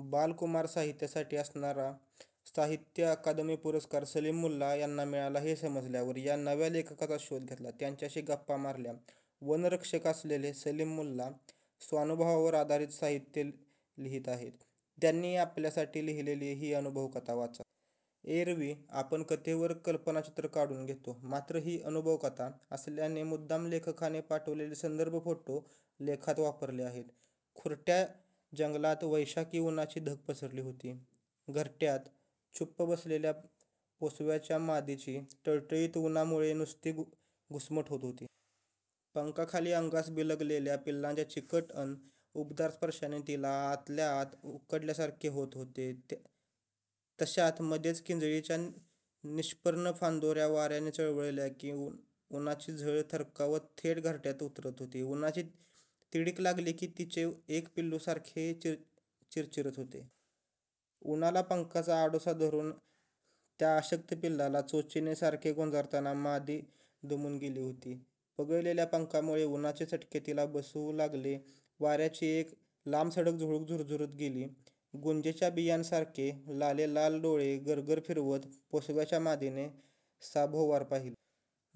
बाल-कुमार साहित्यासाठी असणारा साहित्य अकादमी पुरस्कार सलीम मुल्ला यांना मिळाला हे समजल्यावर या नव्या लेखकाचा शोध घेतला. त्यांच्याशी गप्पा मारल्या. वनरक्षक असलेले सलीम मुल्ला स्वानुभवावर आधारित साहित्य लिहीत आहेत. त्यांनी आपल्यासाठी लिहिलेली ही अनुभव-कथा वाचा. एरवी आपण कथेवर कल्पनाचित्र काढून घेतो, मात्र ही अनुभव-कथा असल्याने मुद्दाम लेखकाने पाठवलेले संदर्भ-फोटो लेखात वापरले आहेत. खुरट्या जंगलात वैशाखी उन्हाची धग पसरली होती. घरट्यात चुप्प बसलेल्या पोसव्याच्या मादीची टळटळीत उन्हामुळे नुसती घुसमट होत होती. पंखाखाली अंगास बिलगलेल्या पिलांच्या चिकट अन् उबदार स्पर्शाने तिला आतल्या आत उकडल्यासारखे झाले होते. तशात मध्येच किंजळीच्या निष्पर्ण फांदोऱ्या वाऱ्याने चळवळल्या की, उन्हाची झळ थरकावत थेट घरट्यात उतरत होती. उन्हाची तिडीक लागली की, तिचे एक पिलू सारखे चिरचिरत होते. उन्हाला पंखाचा आडोसा धरून त्या अशक्त पिलाला चोचीने सारखे गोंजारताना मादी दमून गेली होती. पघळलेल्या पंखामुळे उन्हाचे चटके तिला जास्त बसू लागले. वाऱ्याची एक लांबसडक झुळूक झुरझुरत गेली. गुंजेच्या बियांसारखे लालेलाल डोळे गरगर फिरवत पोसव्याच्या मादीने सभोवार पाहिले.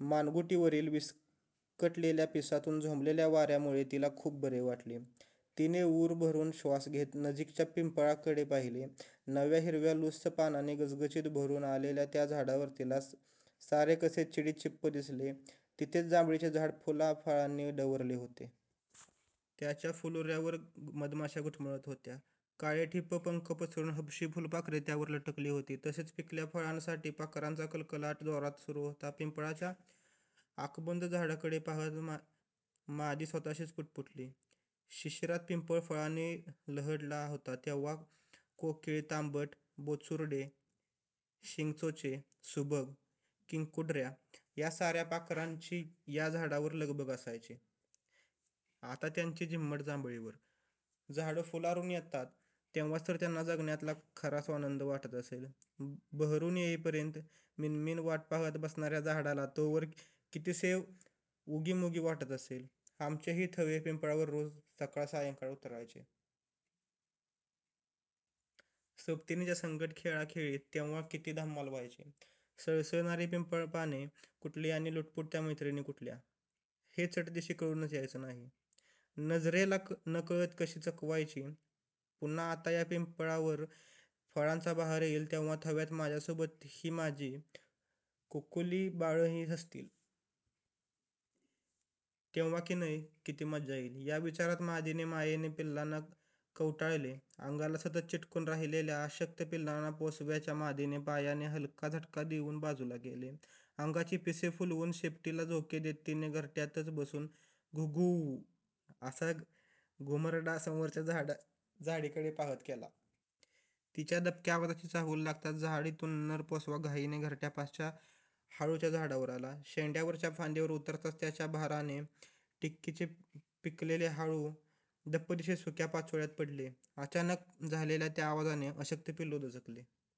मानगुटीवरील विस्कटलेल्या पिसांतून झोंबलेल्या वाऱ्यामुळे तिला खूप बरे वाटले. तिने ऊर भरून श्वास घेत नजीकच्या पिंपळाकडे पाहिले. नव्या हिरव्यालुस्स पानांनी गजगजीत भरून आलेल्या त्या झाडावर तिला सारे कसे चिडीचिप्प दिसले. तिथेच जांभळीचे झाड फुलाफळांनी डवरले होते. त्याच्या फुलोऱ्यावर मधमाशा घुटमळत होत्या. काळेठिप्प पंख पसरून हबशी फुलपाखरे त्यावर लटकली होती. तसेच पिकल्या फळांसाठी पाखरांचा कलकलाट जोरात सुरू होता. पिंपळाच्या आकबंद झाडाकडे पाहत मादी स्वतःशीच पुटपुटली, 'शिशिरात पिंपळ फळांनी लहडला होता तेव्हा कोकिळ, तांबट, बोचुर्डे, शिंगचोचे, सुभग, किंकुडऱ्या या साऱ्या पाखरांची या झाडावर लगबग असायची. आता त्यांची झिम्मड जांभळीवर..! झाडं फुल्लारून येतात तेव्हाच तर त्यांना जगण्यातला खरा स्वानंद वाटत असेल. बहरून येईपर्यंत मिणमिण वाट पाहत बसणाऱ्या झाडाला तोवर कितीसे उगीमुगी वाटत असेल! आमचेही थवे पिंपळावर रोज सकाळ-सायंकाळ उतरायचे. सोबतीणीच्या संगट खेळाखेळीत तेव्हा किती धम्माल व्हायची? सळसळणारी पिंपळपाने कुठली नि लुटपुटत्या मैत्रिणी कुठल्या! हे चटदिशी कळूनच यायचं नाही! नजरेला नकळत कशी चकवायची! पुन्हा आता या पिंपळावर फळांचा बहर येईल तेव्हा थव्यात माझ्यासोबत ही माझी कुकुलीबाळंही असतील. तेव्हा किनई किती मज्जा येईल!' या विचारात मादीने मायेने पिलांना कवटाळले. अंगाला सतत चिटकून राहिलेल्या अशक्त पिलांना पोसव्याच्या मादीने पायाने हलका झटका देऊन बाजूला केले. अंगाची पिसे फुलवून शेपटीला झोके देत तिने घरट्यातच बसून घु-घुव्व असा घुमरडा समोरच्या झाडीकडे पाहत केला. तिच्या दबक्या आवाजाची चाहूल लागताच झाडीतून नर पोसवा घाईने घरट्यापासच्या हाळूच्या झाडावर आला. शेंड्यावरच्या फांदीवर उतरताच त्याच्या भाराने टिक्कीवरचे पिकलेले हाळू धप्पदिशी सुक्या पाचोळ्यात पडले. अचानक झालेल्या त्या आवाजाने अशक्त पिलू दचकले.